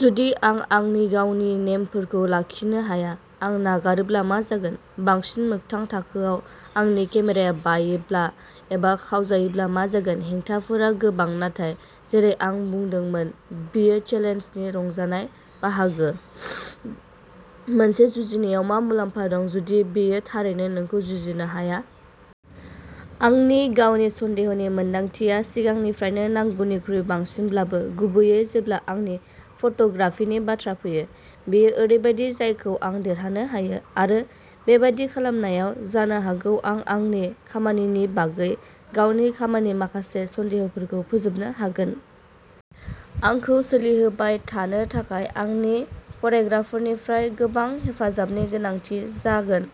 जुदि आं आंनि गावनि नेमफोरखौ लाखिनो हाया? आं नागारोब्ला मा जागोन? बांसिन मोगथां थाखोआव, आंनि केमेराया बायब्ला, एबा खावजायोब्ला मा जागोन? हेंथाफोरा गोबां, नाथाय जेरै आं बुंदोंमोन, बेयो चेलेन्जनि रंजानाय बाहागो। मोनसे जुजिनायाव मा मुलाम्फा दं, जुदि बेयो थारैनो नोंखौ जुजिनो हाया? आंनि गावनि सन्देहनि मोनदांथिया सिगांनिफ्रायनो नांगौनिख्रुइ बांसिनब्लाबो, गुबैयै जेब्ला आंनि फट'ग्राफिनि बाथ्रा फैयो, बेयो ओरैबायदि जायखौ आं देरहानो हायो। आरो, बेबादि खालामनायाव, जानो हागौ आं आंनि खामानिनि बागै आंनि गावनि माखासे सन्देहफोरखौ फोजोबनो हागोन। आंखौ सोलिहोबाय थानो थाखाय आंनि फरायग्राफोरनिफ्राय गोबां हेफाजाबनि गोनांथि जागोन।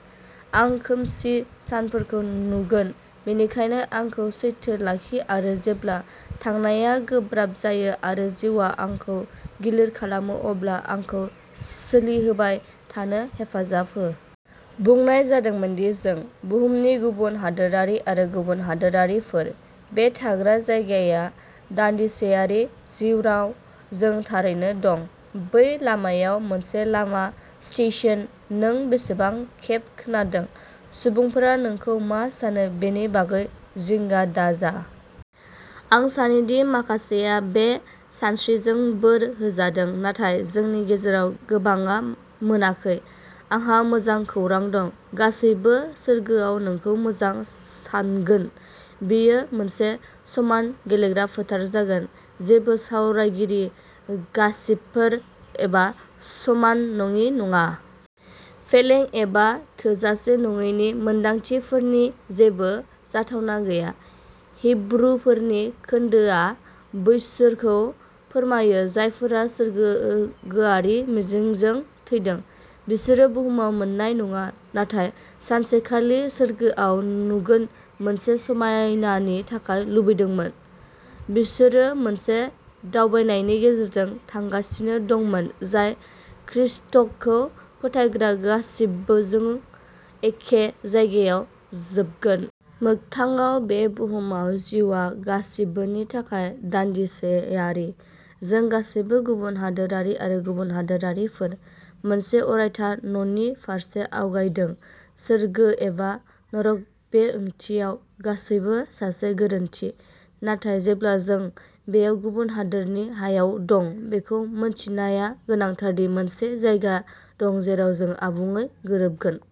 आं खोमसि सानफोरखौ नुगोन, बेनिखायनो आंखौ सैथो लाखि आरो जेब्ला थांनायआ गोब्राब जायो आरो जिउआ आंखौ गिलिर खालामो अब्ला आंखौ सोलिहोबाय थानो हेफाजाब हो। बुंनाय जादोंमोन दि जों "बुहुमनि गुबुन हादोरारि आरो गुबुन हादोरारिफोर"। बे थाग्रा जायगाया दानदिसेयारि, जेराव जों थारैनो दं, बै लामायाव मोनसे लामा स्टेशन। नों बेसेबां खेब खोनादों, "सुबुंफोरा नोंखौ मा सानो बेनि बागै जिंगा दाजा? " आं सानो दि माखासेआ बे सानस्रिजों बोर होजादों। नाथाय जोंनि गेजेराव गोबांआ मोनाखै। आंहा मोजां खौरां दं। गासैबो सोरगोआव नोंखौ मोजां सान्गोन। बेयो मोनसे समान गेलेग्रा फोथार जागोन। जेबो सावरायगिरि, गासिपफोर, एबा समान नङि नङा। फेलें एबा थोजासे नङैनि मोनदांथिफोरनि जेबो जाथावना गैया। हिब्रुफोरनि खोनदोआ बैसोरखौ फोरमायो जायफोरा सोरगोआरि मिजिंजों थैदों। बिसोरो बुहुमाव मोन्नाय नङा नाथाय सानसेखालि सोरगोआव नुगोन मोनसे समायनानि थाखाय लुबैदोंमोन। बिसोरो मोनसे दावबायनायनि गेजेरजों थांगासिनो दंमोन जाय ख्रीष्टखौ फोथायग्रा गासिबोजों एखे जायगायाव जोबगोन। मोगथाङाव, बे बुहुमाव जिउआ गासिबोनि थाखाय दानदिसेयारि। जों गासैबो गुबुन हादोरारि आरो गुबुन हादोरारिफोर। मोनसे अरायथा न'नि फारसे आवगायदों, सोरगो एबा नरक। बे ओंथियाव, गासैबो सासे गोरोन्थि। नाथाय जेब्ला जों बेयाव गुबुन हादोरनि हायाव दं, बेखौ मिथिनाया गोनांथार दि मोनसे जायगा दं जेराव जों आबुङै गोरोबगोन।